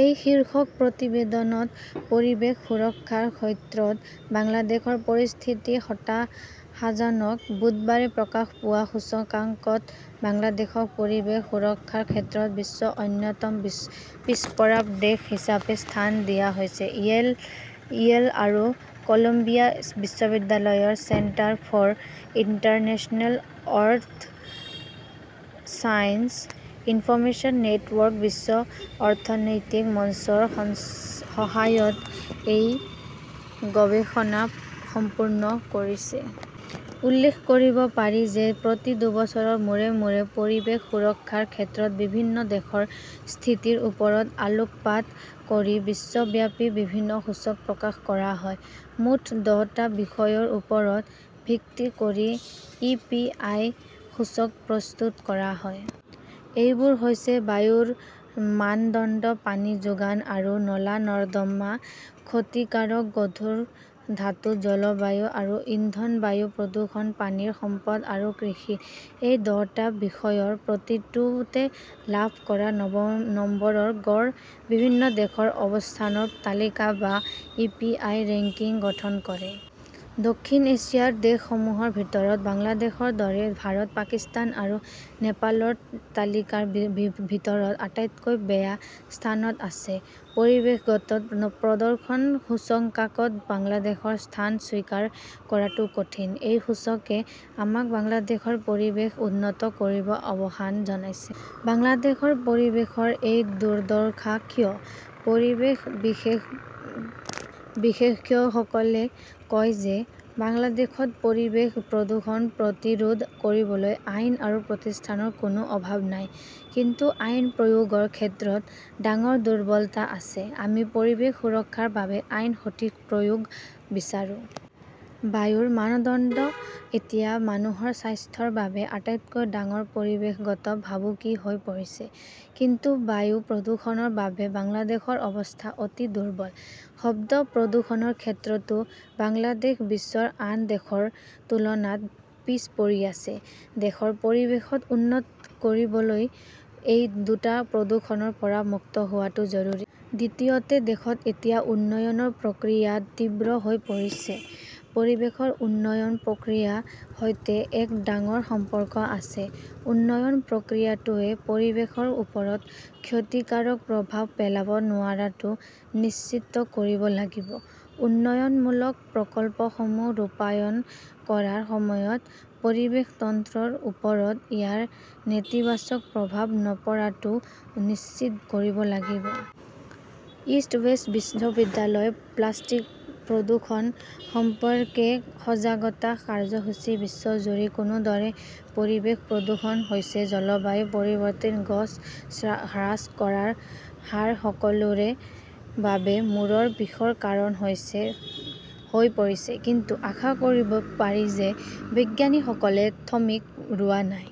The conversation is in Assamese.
এই শীৰ্ষক প্ৰতিবেদনত পৰিৱেশ সুৰক্ষাৰ ক্ষেত্ৰত বাংলাদেশৰ পৰিস্থিতি হতাশাজনক। বুধবাৰে প্ৰকাশ পোৱা সূচকাংকত বাংলাদেশক পৰিৱেশ সুৰক্ষাৰ ক্ষেত্ৰত বিশ্বৰ অন্যতম পিছপৰা দেশ হিচাপে স্থান দিয়া হৈছে। ইয়েল আৰু কলম্বিয়া বিশ্ববিদ্যালয়ৰ centre for international earth science information network বিশ্ব অৰ্থনৈতিক মঞ্চৰ সহায়ত এই গৱেষণা সম্পূৰ্ণ কৰিছে। উল্লেখ কৰিব পাৰি যে প্ৰতি দুবছৰৰ মূৰে মূৰে পৰিৱেশ সুৰক্ষাৰ ক্ষেত্ৰত বিভিন্ন দেশৰ স্থিতিৰ ওপৰত আলোকপাত কৰি বিশ্বব্যাপী বিভিন্ন সূচক প্ৰকাশ কৰা হয়। মুঠ দহটা বিষয়ৰ ওপৰত ভিত্তি কৰি ই পি আই সূচক প্ৰস্তুত কৰা হয়। এইবোৰ হৈছে বায়ুৰ মানদণ্ড পানী যোগান আৰু নলা নৰ্দমা ক্ষতিকাৰক গধুৰ ধাতু জলবায়ু আৰু ইন্ধন বায়ু প্ৰদূষণ পানীৰ সম্পদ আৰু কৃষি। এই দহটা বিষয়ৰ প্ৰতিটোতে লাভ কৰা নম্বৰৰ গড় বিভিন্ন দেশৰ অৱস্থানৰ তালিকা বা ই পি আই ৰেংকিং গঠন কৰে। দক্ষিণ এছিয়াৰ দেশসমূহৰ ভিতৰত বাংলাদেশৰ দৰে ভাৰত পাকিস্তান আৰু নেপালৰ তালিকাৰ ভিতৰত আটাইতকৈ বেয়া স্থানত আছে। পৰিৱেশগত প্ৰদৰ্শন সূচংকাকত বাংলাদেশৰ স্থান স্বীকাৰ কৰাটো কঠিন। এই সূচকে আমাক বাংলাদেশৰ পৰিৱেশ উন্নত কৰিব অবহান জনাইছে। বাংলাদেশৰ পৰিৱেশৰ এই দুৰ্দশা কিয়? পৰিৱেশ বিশেষজ্ঞসকলে কয় যে বাংলাদেশত পৰিৱেশ প্ৰদূষণ প্ৰতিৰোধ কৰিবলৈ আইন আৰু প্ৰতিষ্ঠানৰ কোনো অভাৱ নাই কিন্তু আইন প্ৰয়োগৰ ক্ষেত্ৰত ডাঙৰ দুৰ্বলতা আছে। আমি পৰিৱেশ সুৰক্ষাৰ বাবে আইন সঠিক প্ৰয়োগ বিচাৰো। বায়ুৰ মানদণ্ড এতিয়া মানুহৰ স্বাস্থ্যৰ বাবে আটাইতকৈ ডাঙৰ পৰিৱেশগত ভাবুকি হৈ পৰিছে। কিন্তু বায়ু প্ৰদূষণৰ বাবে বাংলাদেশৰ অৱস্থা অতি দুৰ্বল। শব্দ প্ৰদূষণৰ ক্ষেত্ৰতো বাংলাদেশ বিশ্বৰ আন দেশৰ তুলনাত পিছ পৰি আছে। দেশৰ পৰিৱেশত উন্নত কৰিবলৈ এই দুটা প্ৰদূষণৰ পৰা মুক্ত হোৱাটো জৰুৰী। দ্বিতীয়তে দেশত এতিয়া উন্নয়নৰ প্ৰক্ৰিয়া তীব্ৰ হৈ পৰিছে। পৰিৱেশৰ উন্নয়ন প্ৰক্ৰিয়াৰ সৈতে এক ডাঙৰ সম্পৰ্ক আছে। উন্নয়ন প্ৰক্ৰিয়াটোৱে পৰিৱেশৰ ওপৰত ক্ষতিকাৰক প্ৰভাৱ পেলাব নোৱাৰাটো নিশ্চিত কৰিব লাগিব। উন্নয়নমূলক প্ৰকল্পসমূহ ৰূপায়ণ কৰাৰ সময়ত পৰিৱেশ তন্ত্ৰৰ ওপৰত ইয়াৰ নেতিবাচক প্ৰভাৱ নপৰাটোও নিশ্চিত কৰিব লাগিব। ইষ্ট ৱেষ্ট বিশ্ববিদ্যালয়ত প্লাষ্টিক প্ৰদূষণ সম্পৰ্কে সজাগতা কাৰ্যসূচী বিশ্বজুৰি কোনোদৰে পৰিৱেশ প্ৰদূষণ হৈছে জলবায়ু পৰিৱৰ্তন গছ হ্ৰাস কৰাৰ হাৰ সকলোৰে বাবে মূৰৰ বিষৰ কাৰণ হৈ পৰিছে। কিন্তু আশা কৰিব পাৰি যে বিজ্ঞানীসকলে থমিক ৰোৱা নাই।